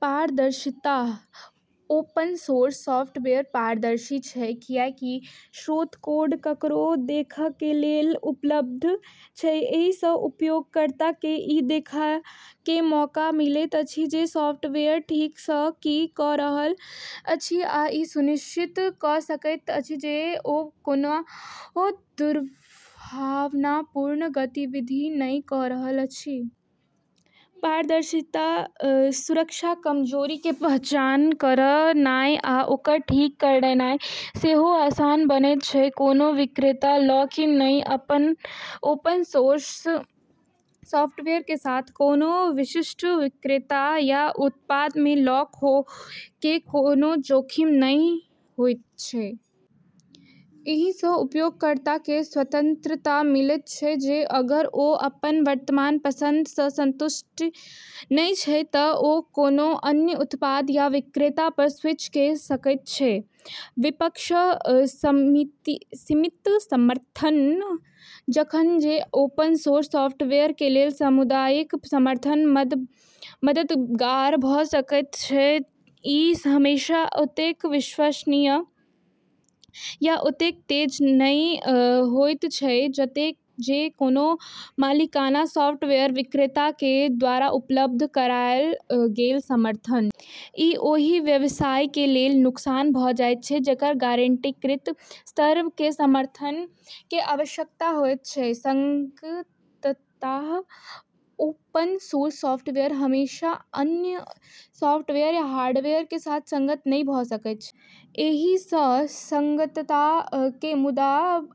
पारदर्शिता: open source software पारदर्शी छै, कियाकि स्रोत कोड ककरो देखय के लेल उपलब्ध छै। एही सँ उपयोगकर्ता के ई देखय के मौका मिलैत अछि जे सॉफ्टवेयर ठीक सँ की क रहल अछि आ ई सुनिश्चित क सकैत अछि जे ओ कोनो दुर्भावनापूर्ण गतिविधि नहि क रहल अछि। पारदर्शिता सुरक्षा कमजोरी के पहचान करनाय आ ओकरा ठीक करनाय सेहो आसान बनैत छै। कोनों विक्रेता लॉक-इन नहि: ओपन सोर्स सॉफ्टवेयर के साथ, कोनों विशिष्ट विक्रेता या उत्पाद मे लॉक होय के कोनों जोखिम नहि होयत छै। एही सँ उपयोगकर्ता के स्वतंत्रता मिलैत छै जे अगर ओ अपन वर्तमान पसंद सँ संतुष्ट नहि छै त ओ कोनों अन्य उत्पाद या विक्रेता पर स्विच क सकैत छै। विपक्ष:सीमित समर्थन: जखन जे ओपन सोर्स सॉफ्टवेयर के लेल सामुदायिक समर्थन मददगार भ सकैत छै, इ हमेशा ओतेक विश्वसनीय या ओतेक तेज नहि होयत छै जतेक जे कोनों मालिकाना सॉफ्टवेयर विक्रेता के द्वारा उपलब्ध करायल गेल समर्थन। इ ओहि व्यवसाय के लेल नुकसान भ सकैत छै, जेकरा गारंटीकृत स्तर के समर्थन के आवश्यकता होयत छै। संगतता: ओपन सोर्स सॉफ्टवेयर हमेशा अन्य सॉफ्टवेयर या हार्डवेयर के साथ संगत नहि भ सकैत छै। एही सँ संगतता के मुद्दा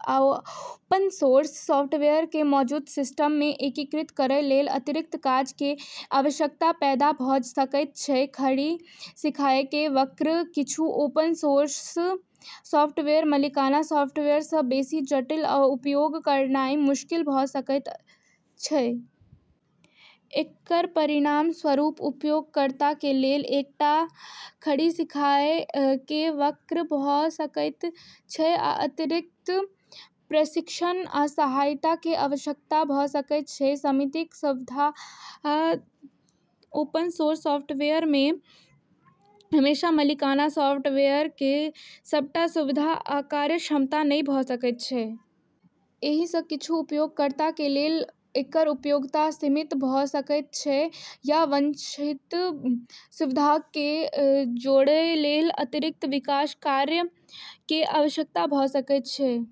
आ ओपन सोर्स सॉफ्टवेयर के मौजूदा सिस्टम मे एकीकृत करय लेल अतिरिक्त काज के आवश्यकता पैदा भ सकैत छै। खड़ी सीखय के वक्र: किछु ओपन सोर्स सॉफ्टवेयर मालिकाना सॉफ्टवेयर सँ बेसी जटिल आ उपयोग करनाय मुश्किल भ सकैत छै। एकर परिणामस्वरूप उपयोगकर्ता के लेल एकटा खड़ी सीखय के वक्र भ सकैत छै आ अतिरिक्त प्रशिक्षण आ सहायता के आवश्यकता भ सकैत छै। सीमित सुविधाक: ओपन सोर्स सॉफ्टवेयर मे हमेशा मालिकाना सॉफ्टवेयर के सबटा सुविधा आ कार्यक्षमता नहि भ सकैत छै। एही सँ किछु उपयोगकर्ता के लेल एकर उपयोगिता सीमित भ सकैत छै या वांछित सुविधाक के जोड़य लेल अतिरिक्त विकास कार्य के आवश्यकता भ सकैत छै।